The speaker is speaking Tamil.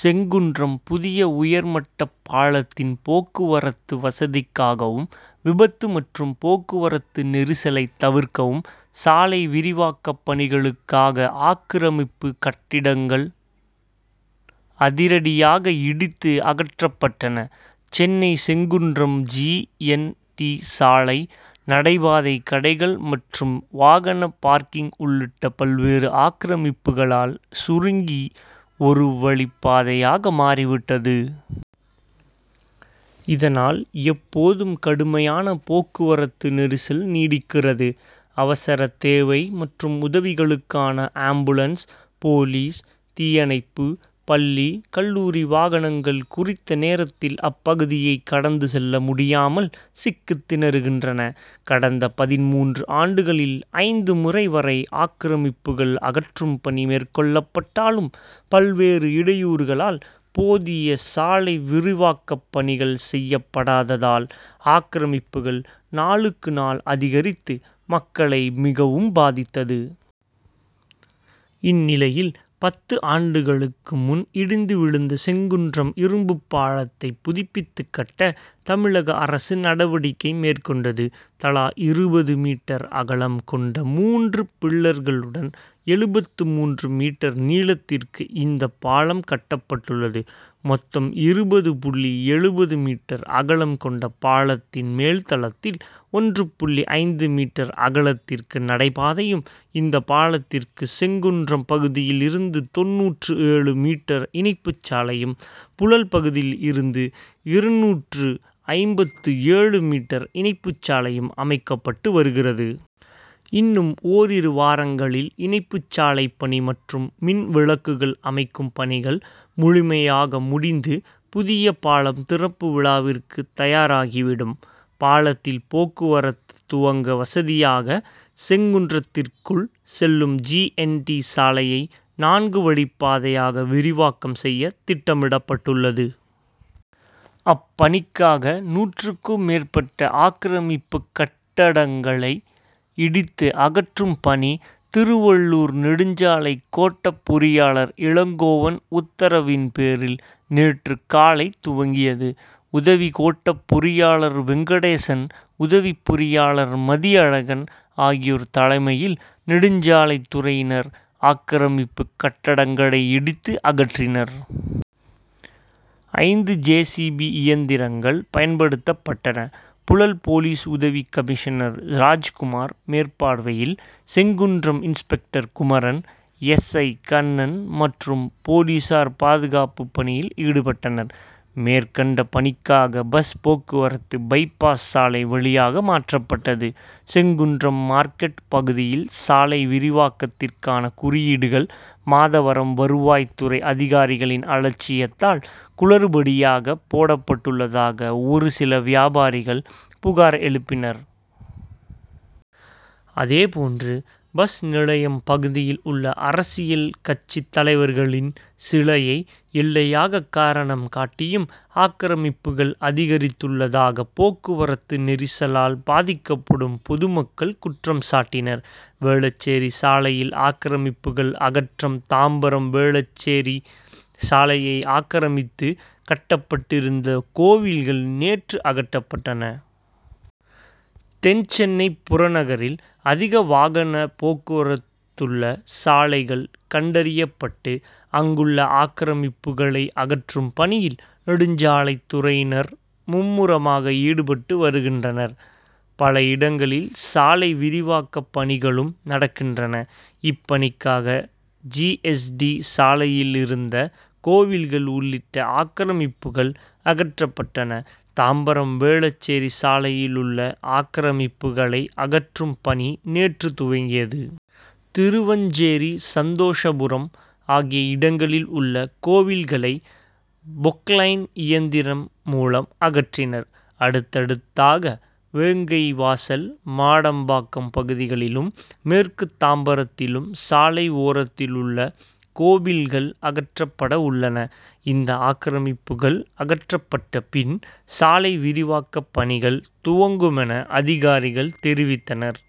செங்குன்றம் புதிய உயர்மட்டப் பாலத்தின் போக்குவரத்து வசதிக்காகவும், விபத்து மற்றும் போக்குவரத்து நெரிசலை தவிர்க்கவும், சாலை விரிவாக்கப் பணிகளுக்காக ஆக்கிரமிப்பு கட்டிடங்கள் அதிரடியாக இடித்து அகற்றப்பட்டன. Chennai Sengundram G. N. T. சாலை, நடைபாதை கடைகள் மற்றும் வாகன பார்க்கிங் உள்ளிட்ட பல்வேறு ஆக்கிரமிப்புகளால் சுருங்கி ஒரு வழிப்பாதையாக மாறிவிட்டது. இதனால், எப்போதும் கடுமையான போக்குவரத்து நெரிசல் நீடிக்கிறது. அவசர தேவை மற்றும் உதவிகளுக்கான ஆம்புலன்ஸ், போலீஸ், தீயணைப்பு, பள்ளி, கல்லூரி வாகனங்கள் குறித்த நேரத்தில் அப்பகுதியை கடந்து செல்ல முடியாமல் சிக்கித் திணறுகின்றன. கடந்த பதின்மூன்று ஆண்டுகளில் ஐந்து முறை வரை ஆக்கிரமிப்புகள் அகற்றும் பணி மேற்கொள்ளப்பட்டாலும், பல்வேறு இடையூறுகளால் போதிய சாலை விரிவாக்கப் பணிகள் செய்யப்படாததால், ஆக்கிரமிப்புகள் நாளுக்கு நாள் அதிகரித்து மக்களை மிகவும் பாதித்தது. இந்நிலையில், பத்து ஆண்டுகளுக்கு முன் இடிந்து விழுந்த செங்குன்றம் இரும்பு பாலத்தை புதுப்பித்துக் கட்ட, தமிழக அரசு நடவடிக்கை மேற்கொண்டது. தலா இருபது மீட்டர் அகலம் கொண்ட மூன்று பில்லர்களுடன் எழுபத்து மூன்று மீட்டர் நீளத்திற்கு இந்த பாலம் கட்டப்பட்டுள்ளது. மொத்தம் இருபது புள்ளி எழுபது மீட்டர் அகலம் கொண்ட பாலத்தின் மேல் தளத்தில் ஒன்று புள்ளி ஐந்து மீட்டர் அகலத்திற்கு நடை பாதையும், இந்த பாலத்திற்கு செங்குன்றம் பகுதியில் இருந்து தொண்ணூற்று ஏழு மீட்டர் இணைப்பு சாலையும், புழல் பகுதியில் இருந்து இருநூற்று ஐம்பத்து ஏழு மீட்டர் இணைப்பு சாலையும் அமைக்கப்பட்டு வருகிறது. இன்னும் ஓரிரு வாரங்களில் இணைப்புச் சாலைப்பணி மற்றும் மின் விளக்குகள் அமைக்கும் பணிகள் முழுமையாக முடிந்து, புதிய பாலம் திறப்பு விழாவிற்கு தயாராகி விடும். பாலத்தில் போக்குவரத்து துவங்க வசதியாக செங்குன்றத்திற்குள் செல்லும் ஜி. என். டி. சாலையை, நான்கு வழிப்பாதையாக விரிவாக்கம் செய்ய திட்டமிடப்பட்டது. அப்பணிக்காக நூற்றுக்கும் மேற்பட்ட ஆக்கிரமிப்பு கட்டடங்களை இடித்து அகற்றும் பணி, திருவள்ளூர் நெடுஞ்சாலை கோட்டப் பொறியாளர் இளங்கோவன் உத்தரவின் பேரில் நேற்று காலை துவங்கியது. உதவி கோட்டப் பொறியாளர் வெங்கடேசன், உதவிப் பொறியாளர் மதியழகன் ஆகியோர் தலைமையில் நெடுஞ்சாலைத் துறையினர், ஆக்கிரமிப்பு கட்டடங்களை இடித்து அகற்றினர். ஐந்து ஜே. சி. பி. இயந்திரங்கள் பயன்படுத்தப்பட்டன. புழல் போலீஸ் உதவி கமிஷனர் ராஜ்குமார் மேற்பார்வையில் Sengundram inspector Kumaran, S. I. Kannan மற்றும் போலீசார் பாதுகாப்பு பணியில் ஈடுபட்டனர். மேற்கண்ட பணிக்காக பஸ் போக்குவரத்து, பை பாஸ் சாலை வழியாக மாற்றப்பட்டது. செங்குன்றம் மார்க்கெட் பகுதியில் சாலை விரிவாக்கத்திற்கான குறியீடுகள், மாதவரம் வருவாய்த்துறை அதிகாரிகளின் அலட்சியத்தால் குளறுபடியாக போடப்பட்டுள்ளதாக, ஒரு சில வியாபாரிகள் புகார் எழுப்பினர். அதே போன்று, பஸ் நிலையம் பகுதியில் உள்ள அரசியல் கட்சித் தலைவர்களின் சிலையை, எல்லையாக காரணம் காட்டியும் ஆக்கிரமிப்புகள் அதிகரித்துள்ளதாக, போக்குவரத்து நெரிசலால் பாதிக்கப்படும் பொதுமக்கள் குற்றம் சாட்டினர். வேளச்சேரி சாலையில் ஆக்கிரமிப்புகள் அகற்றம் தாம்பரம் வேளச்சேரி சாலையை ஆக்கிரமித்து கட்டப்பட்டிருந்த கோவில்கள் நேற்று அகற்றப்பட்டன. தென்சென்னை புறநகரில் அதிக வாகன போக்குவரத்துள்ள சாலைகள் கண்டறியப்பட்டு, அங்குள்ள ஆக்கிரமிப்புக்களை அகற்றும் பணியில் நெடுஞ்சாலைத்துறையினர் மும்முரமாக ஈடுபட்டு வருகின்றனர். பல இடங்களில் சாலை விரிவாக்க பணிகளும் நடக்கின்றன. இப்பணிக்காக ஜி. எஸ். டி. சாலையிலிருந்த கோவில்கள் உள்ளிட்ட ஆக்கிரமிப்புக்கள் அகற்றப்பட்டன. தாம்பரம் வேளச்சேரி சாலையிலுள்ள ஆக்கிரமிப்புக்களை அகற்றும் பணி நேற்று துவங்கியது. திருவஞ்சேரி, சந்தோஷபுரம் ஆகிய இடங்களில் உள்ள கோவில்களை பொக்லைன் இயந்திரம் மூலம் அகற்றினர். அடுத்ததாக வேங்கைவாசல், மாடம்பாக்கம் பகுதிகளிலும், மேற்கு தாம்பரத்திலும் சாலை ஓரத்திலுள்ள கோவில்கள் அகற்றப்படவுள்ளன. இந்த ஆக்கிரமிப்புக்கள் அகற்றப்பட்ட பின், சாலை விரிவாக்க பணிகள் துவங்குமென அதிகாரிகள் தெரிவித்தனர்.